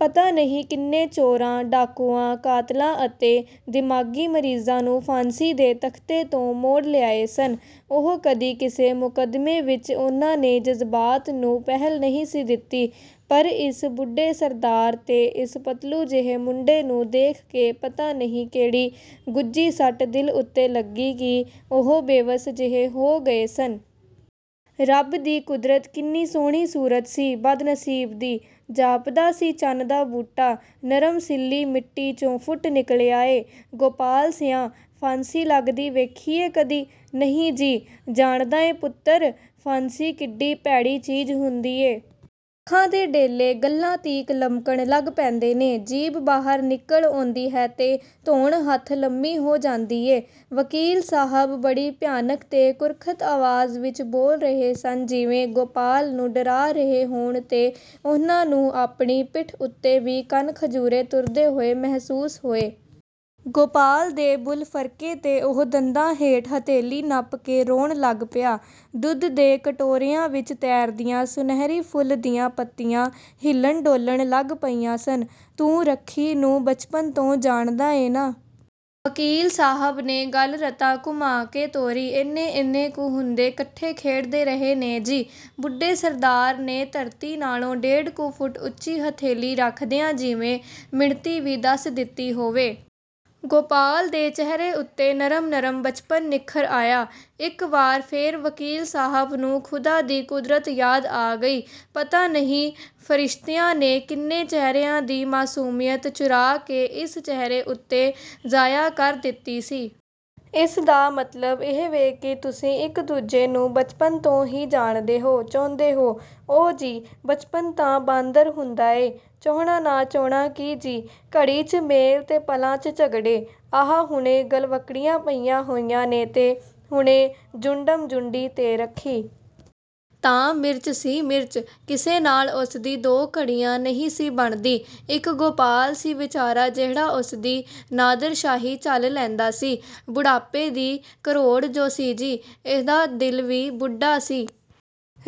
ਪਤਾ ਨਹੀਂ ਕਿੰਨੇ ਚੋਰਾਂ, ਡਾਕੂਆਂ, ਕਾਤਲਾਂ ਅਤੇ ਦਿਮਾਗ਼ੀ ਮਰੀਜ਼ਾਂ ਨੂੰ ਫਾਂਸੀ ਦੇ ਤਖ਼ਤੇ ਤੋਂ ਮੋੜ ਲਿਆਏ ਸਨ ਉਹ, ਕਦੀ ਕਿਸੇ ਮੁਕੱਦਮੇਂ ਵਿੱਚ ਉਹਨਾਂ ਨੇ ਜਜ਼ਬਾਤ ਨੂੰ ਪਹਿਲ ਨਹੀਂ ਸੀ ਦਿੱਤੀ। ਪਰ ਇਸ ਬੁੱਢੇ ਸਰਦਾਰ ਤੇ ਇਸ ਪਤਲੂ ਜਿਹੇ ਮੁੰਡੇ ਨੂੰ ਦੇਖ ਕੇ ਪਤਾ ਨਹੀਂ ਕਿਹੜੀ ਗੁੱਝੀ ਸੱਟ ਦਿਲ ਉੱਤੇ ਲੱਗੀ, ਕਿ ਉਹ ਬੇਵੱਸ ਜਿਹੇ ਹੋ ਗਏ ਸਨ। ਰੱਬ ਦੀ ਕੁਦਰਤ ਕਿੰਨੀ ਸੋਹਣੀ ਸੂਰਤ ਸੀ ਬਦਨਸੀਬ ਦੀ! ਜਾਪਦਾ ਸੀ ਚੰਨ ਦਾ ਬੂਟਾ, ਨਰਮ ਸਿੱਲ੍ਹੀ ਮਿੱਟੀ 'ਚੋਂ ਫੁੱਟ ਨਿਕਲਿਆ ਏ। "ਗੋਪਾਲ ਸਿਆਂ, ਫਾਂਸੀ ਲੱਗਦੀ ਵੇਖੀ ਏ ਕਦੀ?""ਨਹੀਂ ਜੀ।" "ਜਾਣਦਾ ਏਂ ਪੁੱਤਰ, ਫਾਂਸੀ ਕਿੱਡੀ ਭੈੜੀ ਚੀਜ਼ ਹੁੰਦੀ ਏ?" "ਅੱਖਾਂ ਦੇ ਡੇਲੇ ਗੱਲ੍ਹਾਂ ਤੀਕ ਲਮਕਣ ਲੱਗ ਪੈਂਦੇ ਨੇ, ਜੀਭ ਬਾਹਰ ਨਿਕਲ ਆਉਂਦੀ ਹੈ ਤੇ ਧੌਣ ਹੱਥ ਲੰਮੀ ਹੋ ਜਾਂਦੀ ਏ।" ਵਕੀਲ ਸਾਹਬ ਬੜੀ ਭਿਆਨਕ ਤੇ ਕੁਰਖ਼ਤ ਆਵਾਜ਼ ਵਿਚ ਬੋਲ ਰਹੇ ਸਨ ਜਿਵੇਂ, ਗੋਪਾਲ ਨੂੰ ਡਰਾ ਰਹੇ ਹੋਣ ਤੇ ਉਹਨਾਂ ਨੂੰ ਆਪਣੀ ਪਿੱਠ ਉੱਤੇ ਵੀ ਕੰਨ-ਖਜੂਰੇ ਤੁਰਦੇ ਹੋਏ ਮਹਿਸੂਸ ਹੋਏ। ਗੋਪਾਲ ਦੇ ਬੁੱਲ੍ਹ ਫਰਕੇ ਤੇ ਉਹ ਦੰਦਾਂ ਹੇਠ ਹਥੇਲੀ ਨੱਪ ਕੇ ਰੋਣ ਲੱਗ ਪਿਆ। ਦੁੱਧ ਦੇ ਕਟੋਰਿਆਂ ਵਿਚ ਤੈਰਦੀਆਂ, ਸੁਨਹਿਰੀ ਫੁੱਲ ਦੀਆਂ ਪੱਤੀਆਂ ਹਿੱਲਣ-ਡੋਲਣ ਲੱਗ ਪਈਆਂ ਸਨ। "ਤੂੰ ਰੱਖੀ ਨੂੰ ਬਚਪਨ ਤੋਂ ਜਾਣਦਾ ਏਂ ਨਾ?" ਵਕੀਲ ਸਾਹਬ ਨੇ ਗੱਲ ਰਤਾ ਘੁਮਾਅ ਕੇ ਤੋਰੀ। "ਏਨੇ-ਏਨੇ ਕੁ ਹੁੰਦੇ 'ਕੱਠੇ ਖੇਡਦੇ ਰਹੇ ਨੇ ਜੀ" ਬੁੱਢੇ ਸਰਦਾਰ ਨੇ, ਧਰਤੀ ਨਾਲੋਂ ਡੇਢ ਕੁ ਫੁੱਟ ਉੱਚੀ ਹਥੇਲੀ ਰੱਖਦਿਆਂ ਜਿਵੇਂ, ਮਿਣਤੀ ਵੀ ਦੱਸ ਦਿੱਤੀ ਹੋਏ। ਗੋਪਾਲ ਦੇ ਚਿਹਰੇ ਉੱਤੇ ਨਰਮ-ਨਰਮ ਬਚਪਨ ਨਿੱਖਰ ਆਇਆ। ਇਕ ਵਾਰ ਫੇਰ ਵਕੀਲ ਸਾਹਬ ਨੂੰ ਖ਼ੁਦਾ ਦੀ ਕੁਦਰਤ ਯਾਦ ਆ ਗਈ। ਪਤਾ ਨਹੀਂ ਫਰਿਸ਼ਤਿਆਂ ਨੇ ਕਿੰਨੇ ਚਿਹਰਿਆਂ ਦੀ ਮਾਸੂਮੀਅਤ ਚੁਰਾਅ ਕੇ ਇਸ ਚਿਹਰੇ ਉੱਤੇ ਜਾਇਆ ਕਰ ਦਿੱਤੀ ਸੀ! "ਇਸ ਦਾ ਮਤਲਬ ਇਹ ਵੇ ਕਿ ਤੁਸੀਂ ਇਕ ਦੂਜੇ ਨੂੰ ਬਚਪਨ ਤੋਂ ਹੀ ਜਾਣਦੇ ਹੋ?--ਚਾਹੁੰਦੇ ਹੋ?" "ਓ ਜੀ, ਬਚਪਨ ਤਾਂ ਬਾਂਦਰ ਹੁੰਦਾ ਏ, ਚਾਹੁਣਾ ਨਾ ਚਾਹੁਣਾ ਕੀ ਜੀ। ਘੜੀ 'ਚ ਮੇਲ ਤੇ ਪਲਾਂ 'ਚ ਝਗੜੇ, ਆਹ ਹੁਣੇ ਗਲਵੱਕੜੀਆਂ ਪਾਈਆਂ ਹੋਈਆਂ ਨੇ ਤੇ ਹੁਣੇ ਜੁੰਡਮ-ਜੁੰਡੀ ।ਤੇ, ਰੱਖੀ ਤਾਂ ਮਿਰਚ ਸੀ, ਮਿਰਚ! ਕਿਸੇ ਨਾਲ ਉਸਦੀ ਦੋ ਘੜੀਆਂ ਨਹੀਂ ਸੀ ਬਣਦੀ। ਇੱਕ ਗੋਪਾਲ ਸੀ ਵਿਚਾਰਾ ਜਿਹੜਾ ਉਸਦੀ ਨਾਦਰ ਸ਼ਾਹੀ ਝੱਲ ਲੈਂਦਾ ਸੀ--ਬੁੱਢਾਪੇ ਦੀ ਘਰੋੜ ਜੋ ਸੀ ਜੀ। ਇਹਦਾ ਦਿਲ ਵੀ ਬੁੱਢਾ ਸੀ।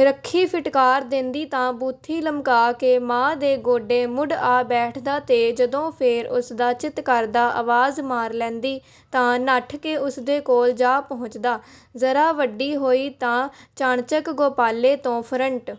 ਰੱਖੀ ਫਿਟਕਾਰ ਦੇਂਦੀ ਤਾਂ ਬੂਥੀ ਲਮਕਾਅ ਕੇ ਮਾਂ ਦੇ ਗੋਡੇ ਮੁੱਢ ਆ ਬੈਠਦਾ ਤੇ ਜਦੋਂ ਫੇਰ ਉਸਦਾ ਚਿੱਤ ਕਰਦਾ, ਆਵਾਜ ਮਾਰ ਲੈਂਦੀ ,ਤਾਂ ਨੱਠ ਕੇ ਉਸਦੇ ਕੋਲ ਜਾ ਪਹੁੰਚਦਾ। ਜ਼ਰਾ ਵੱਡੀ ਹੋਈ ਤਾਂ ਚਾਣਚੱਕ ਗੋਪਾਲੇ ਤੋਂ ਫਰੰਟ